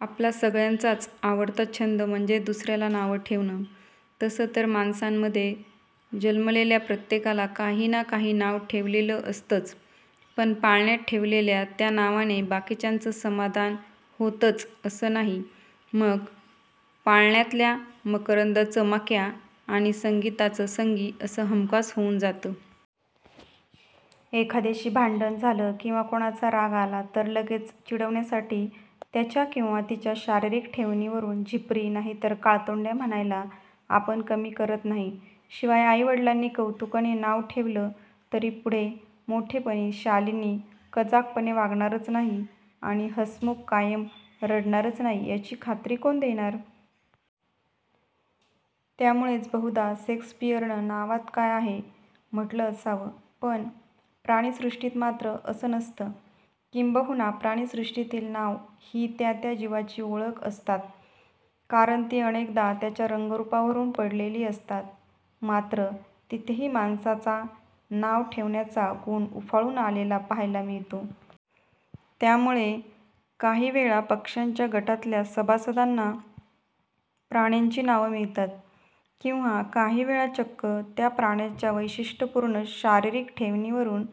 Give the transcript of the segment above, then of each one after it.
आपला सगळ्यांचा आवडता छंद म्हणजे दुसऱ्याला नावं ठेवणं. तसं तर माणसांमध्ये जन्मलेल्या प्रत्येकाला काही ना काही नाव ठेवलेलं असतंच, पण पाळण्यात ठेवलेल्या त्या नावाने बाकीच्यांचं समाधान होतंच असं नाही, मग पाळणातल्या मकरंदचं मक्या'आणि संगीताचं संगी अगदी हमखास होऊन जातं. एखाद्याशी भांडण झालं किंवा कोणाचा राग आला तर लगेच चिडवण्यासाठी त्याच्या किंवा तिच्या शारीरिक ठेवणीवरून झिपरी नाहीतर काळतोंड्या म्हणायला आपण कमी करत नाही. शिवाय आई-वडिलांनी कौतुकाने नाव ठेवलं तरी पुढे मोठेपणी शालिनी कजागपणे वागणारच नाही आणि हसमुख कायम रडणारच नाही याची खात्री कोण देणार? त्यामुळेच बहुधा शेक्सपियरने नावात काय आहे? म्हटलं असावं. पण प्राणिसृष्टीत मात्र असं नसतं. किंबहुना प्राणिसृष्टीतील नावं ही त्या त्या जीवाची ओळख असतात, कारण ती अनेकदा त्याच्या रंगरुपावरून पडलेली असतात. मात्र तिथेही माणसाचा नाव ठेवण्याचा गुण उफाळून आलेला पाहायला मिळतो. त्यामुळे काही वेळा पक्ष्यांच्या गटातल्या सभासदांना प्राण्यांची नावं मिळतात किंवा काहीवेळा चक्क त्या प्राण्याच्या वैशिष्ट्यपूर्ण शारीरिक ठेवणीवरून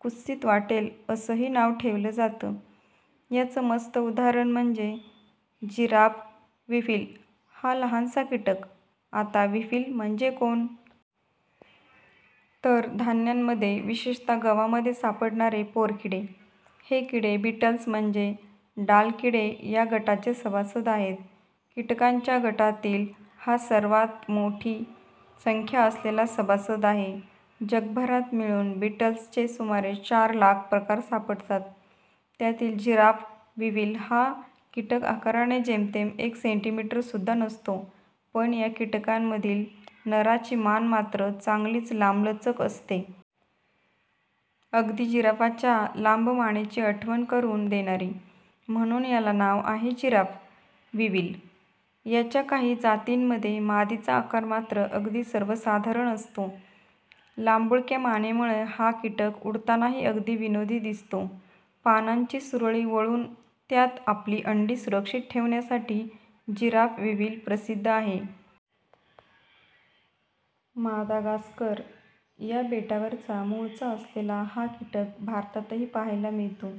कुत्सित वाटेल असंही नाव ठेवलं जातं. याचं मस्त उदाहरण म्हणजे जिराफ विव्हिल हा लहानसा कीटक. आता विव्हिल म्हणजे कोण? तर धान्यांमध्ये, विशेषतः गव्हामध्ये सापडणारे पोरकिडे. हे किडे बिटल्स म्हणजे ढालकिडे या गटाचे सभासद आहेत. कीटकांच्या गटातील हा सर्वांत मोठी संख्या असलेला सभासद आहे. जगभरात मिळून बिटल्सचे सुमारे चार लाख प्रकार सापडतात. त्यातील जिराफ विव्हिल हा कीटक आकाराने जेमतेम एक सेंटिमीटरसुद्धा नसतो, पण या कीटकांमधील नराची मान मात्र चांगलीच लांबलचक असते. अगदी जिराफाच्या लांबमानेची आठवण करून देणारी! म्हणून याला नाव आहे जिराफ विव्हिल. याच्या काही जातींमध्ये मादीचा आकार मात्र अगदी सर्वसाधारण असतो. लांबुळक्या मानेमुळे हा कीटक उडतानाही अगदी विनोदी दिसतो. पानाची सुरळी वळून त्यात आपली अंडी सुरक्षित ठेवण्यासाठी जिराफ विव्हिल प्रसिद्ध आहे. मादागास्कर या बेटावरचा मूळचा असलेला हा कीटक भारतातही पाहायला मिळतो.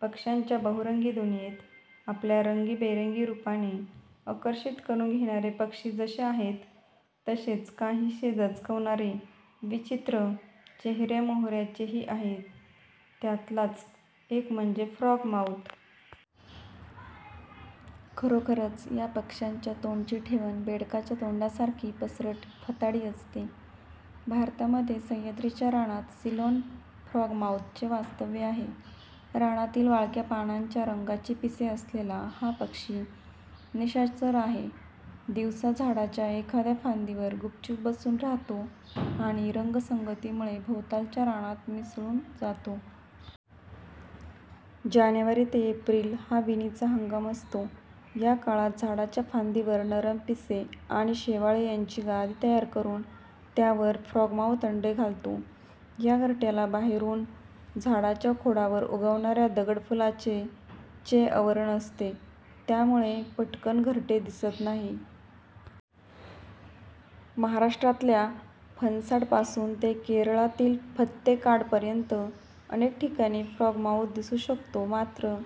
पक्ष्यांच्या बहुरंगी दुनियेत आपल्या रंगीबेरंगी रुपाने आकर्षित करून घेणारे पक्षी जसे आहेत, तसेच काहिसे दचकवणारे, विचित्र चेहऱ्यामोहऱ्याचेही आहेत. त्यातलाच एक म्हणजे फ्रॉग माऊथ. खरोखरच या पक्ष्याच्या तोंडाची ठेवण बेडकाच्या तोंडासारखी पसरट, फताडी असते. भारतामध्ये सह्याद्रीच्या रानात सिलोन फ्रॉगमाऊथ चे वास्तव्य आहे. रानातील वाळक्या पानांच्या रंगाची पिसे असलेला हा पक्षी निशाचर आहे. दिवसा झाडाच्या एखाद्या फांदीवर गुपचूप बसून राहतो आणि रंगसंगतीमुळे भोवतालच्या रानात मिसळून जातो. जानेवारी ते एप्रिल हा विणीचा हंगाम असतो. या काळात झाडाच्या फांदीवर नरम पिसे आणि शेवाळे यांची गादी तयार करून त्यावर फ्रॉगमाऊथ अंडे घालतो. या घरट्याला बाहेरून झाडाच्या खोडावर उगवणाऱ्या दगडफूलाचे चे आवरण असते, त्यामुळे पटकन घरटे दिसत नाही. महाराष्ट्रातल्या फणसाडपासून ते केरळातील थत्तेकाडपर्यंत अनेक ठिकाणी फ्रॉग माऊथ दिसू शकतो, मात्र